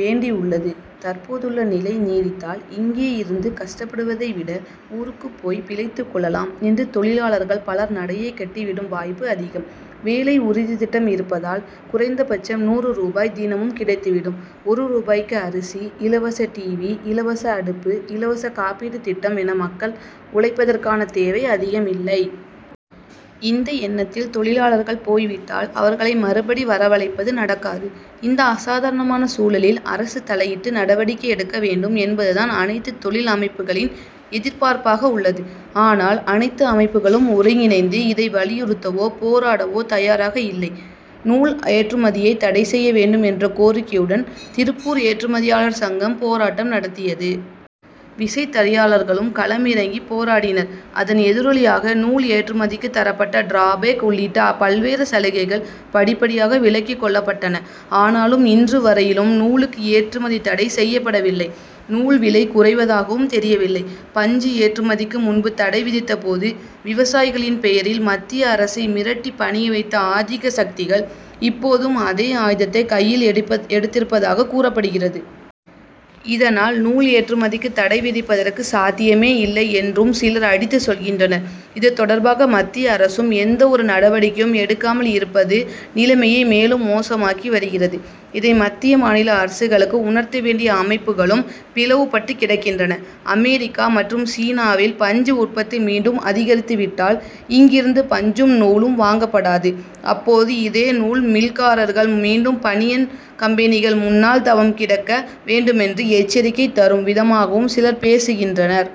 வேண்டியுள்ளது. தற்போதுள்ள நிலை நீடித்தால், இங்கேயிருந்து கஷ்டப்படுவதை விட, ஊருக்குப் போய் பிழைத்துக் கொள்ளலாம் என்று தொழிலாளர்கள் பலர் நடையைக் கட்டி விடும் வாய்ப்பு அதிகம். வேலை உறுதித் திட்டம் இருப்பதால், குறைந்தபட்சம் நூறு ரூபாய் தினமும் கிடைத்து விடும். ஒரு ரூபாய்க்கு அரிசி, இலவச டிவி, இலவச அடுப்பு, இலவச காப்பீட்டுத் திட்டம் என, மக்கள் உழைப்பதற்கான தேவை அதிகமில்லை. இந்த எண்ணத்தில் தொழிலாளர்கள் போய் விட்டால், அவர்களை மறுபடி வரவழைப்பது நடக்காது. இந்த அசாதாரணமான சூழலில் அரசு தலையிட்டு நடவடிக்கை எடுக்க வேண்டும் என்பதுதான் அனைத்து தொழில் அமைப்புகளின் எதிர்பார்ப்பாகவுள்ளது. ஆனால், அனைத்து அமைப்புகளும் ஒருங்கிணைந்து, இதை வலியுறுத்தவோ, போராடவோ தயாராகயில்லை. நூல் ஏற்றுமதியைத் தடை செய்ய வேண்டும் என்ற கோரிக்கையுடன், திருப்பூர் ஏற்றுமதியாளர் சங்கம் போராட்டம் நடத்தியது. விசைத்தறியாளர்களும் களம் இறங்கிப் போராடினர். அதன் எதிரொலியாக, நூல் ஏற்றுமதிக்கு தரப்பட்ட டிராபேக் உள்ளிட்ட பல்வேறு சலுகைகள் படிப்படியாக விலக்கிக் கொள்ளப்பட்டன. ஆனாலும், இன்று வரையிலும் நூலுக்கு ஏற்றுமதி தடை செய்யப்படவில்லை; நூல் விலை குறைவதாகவும் தெரியவில்லை. பஞ்சு ஏற்றுமதிக்கு முன்பு தடை விதித்தபோது, விவசாயிகளின் பெயரில் மத்திய அரசை மிரட்டிப் பணிய வைத்த ஆதிக்க சக்திகள், இப்போதும் அதே ஆயுதத்தைக் கையில் எடுத்திருப்பதாகக் கூறப்படுகிறது. இதனால், நூல் ஏற்றுமதிக்கு தடை விதிப்பதற்கு சாத்தியமேயில்லை என்றும் சிலர் அடித்துச் சொல்கின்றனர். இது தொடர்பாக மத்திய அரசும் எந்த ஒரு நடவடிக்கையும் எடுக்காமல் இருப்பது, நிலைமையை மேலும் மோசமாக்கி வருகிறது. இதை மத்திய, மாநில அரசுகளுக்கு உணர்த்தவேண்டிய அமைப்புகளும் பிளவு பட்டுக்கிடக்கின்றன. அமெரிக்கா மற்றும் சீனாவில் பஞ்சு உற்பத்தி மீண்டும் அதிகரித்து விட்டால், இங்கிருந்து பஞ்சும், நூலும் வாங்கப்படாது, அப்போது இதே நூல் மில்காரர்கள் மீண்டும் பனியன் கம்பெனிகள் முன்னால் தவம் கிடக்க வேண்டுமென்று எச்சரிக்கை தரும் விதமாகவும் சிலர் பேசுகின்றனர்.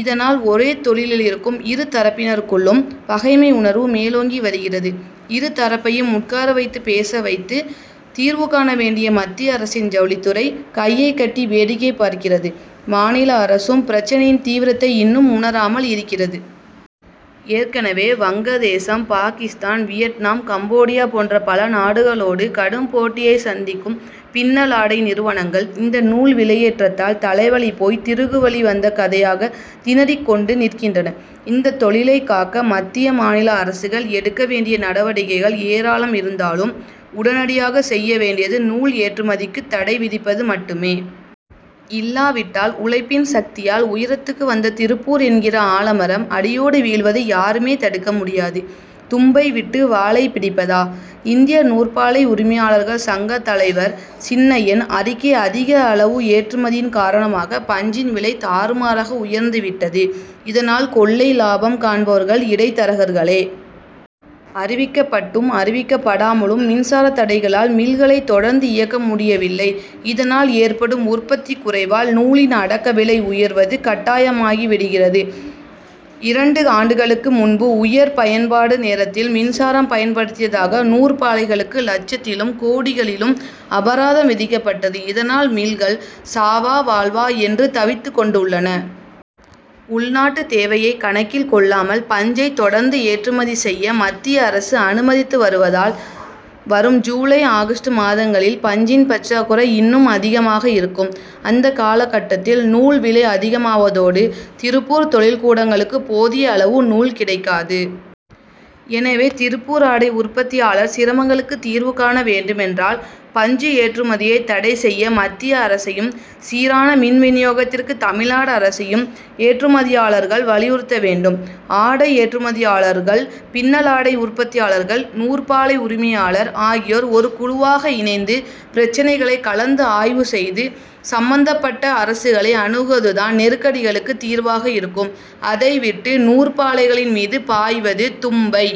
இதனால், ஒரே தொழிலில் இருக்கும் இரு தரப்பினருக்குள்ளும் பகைமை உணர்வு மேலோங்கி வருகிறது. இரு தரப்பையும் உட்கார வைத்துப் பேச வைத்து, தீர்வு காண வேண்டிய மத்திய அரசின் ஜவுளித்துறை, கையைக் கட்டி வேடிக்கை பார்க்கிறது. மாநில அரசும், பிரச்னையின் தீவிரத்தை இன்னும் உணராமல் இருக்கிறது. ஏற்கனவே, வங்கதேசம், பாகிஸ்தான், வியட்நாம், கம்போடியா போன்ற பல நாடுகளோடு கடும் போட்டியைச் சந்திக்கும் பின்னலாடை நிறுவனங்கள், இந்த நூல் விலையேற்றத்தால் தலைவலி போய் திருகுவலி வந்த கதையாக திணறிக் கொண்டு நிற்கின்றன. இந்த தொழிலைக் காக்க மத்திய, மாநில அரசுகள் எடுக்க வேண்டிய நடவடிக்கைகள் ஏராளம் இருந்தாலும், உடனடியாகச்செய்ய வேண்டியது, நூல் ஏற்றுமதிக்கு தடை விதிப்பது மட்டுமே. இல்லாவிட்டால், உழைப்பின் சக்தியால் உயரத்துக்கு வந்த திருப்பூர் என்கிற ஆலமரம், அடியோடு வீழ்வதை யாருமே தடுக்க முடியாது. தும்பை விட்டு வாலை பிடிப்பதா? இந்திய நூற்பாலை உரிமையாளர்கள் சங்க தலைவர் சின்னையன் அறிக்கைஅதிக அளவு ஏற்றுமதியின் காரணமாக பஞ்சின் விலை தாறுமாறாக உயர்ந்து விட்டது. இதனால், கொள்ளை லாபம் காண்பவர்கள் இடைத்தரகர்களே. அறிவிக்கப்பட்டும், அறிவிக்கப்படாமலும் மின்சார தடைகளால் மில்களை தொடர்ந்து இயக்க முடியவில்லை. இதனால் ஏற்படும் உற்பத்தி குறைவால், நூலின் அடக்க விலை உயர்வது கட்டாயமாகி விடுகிறது. இரண்டு ஆண்டுகளுக்கு முன்பு உயர் பயன்பாட்டு நேரத்தில் மின்சாரம் பயன் படுத்தியதாக நூற்பாலைகளுக்கு லட்சத்திலும், கோடிகளிலும் அபராதம் விதிக்கப்பட்டது. இதனால் மில்கள் சாவா, வாழ்வா என்று தவித்துக் கொண் டுள்ளன. உள்நாட்டு தேவையை கணக்கில் கொள்ளாமல், பஞ்சை தொடர்ந்து ஏற்றுமதி செய்ய மத்திய அரசு அனுமதித்து வருவதால், வரும் ஜூலை, ஆகஸ்ட் மாதங்களில் பஞ்சின் பற்றாக்குறை இன்னும் அதிகமாக இருக்கும். அந்த காலகட்டத்தில் நூல் விலை அதிகமாவதோடு, திருப்பூர் தொழில் கூடங்களுக்கு போதிய அளவு நூல் கிடைக்காது. எனவே, திருப்பூர் ஆடை உற்பத்தியாளர் சிரமங்களுக்கு தீர்வு காண வேண்டுமென்றால் பஞ்சு ஏற்றுமதியை தடை செய்ய மத்திய அரசையும், சீரான மின் விநியோகத்திற்கு தமிழ்நாடு அரசையும் ஏற்றுமதியாளர்கள் வலியுறுத்த வேண்டும். ஆடை ஏற்றுமதியாளர்கள், பின்னலாடை உற்பத்தியாளர்கள், நூற்பாலை உரிமையாளர் ஆகியோர் ஒரு குழுவாக இணைந்து பிரச்னைகளை கலந்து ஆய்வு செய்து சம்பந்தப்பட்ட அரசுகளை அணுகுவதுதான் நெருக்கடிகளுக்கு தீர்வாக இருக்கும். அதை விட்டு நூற்பாலைகளின் மீது பாய்வது தும்பை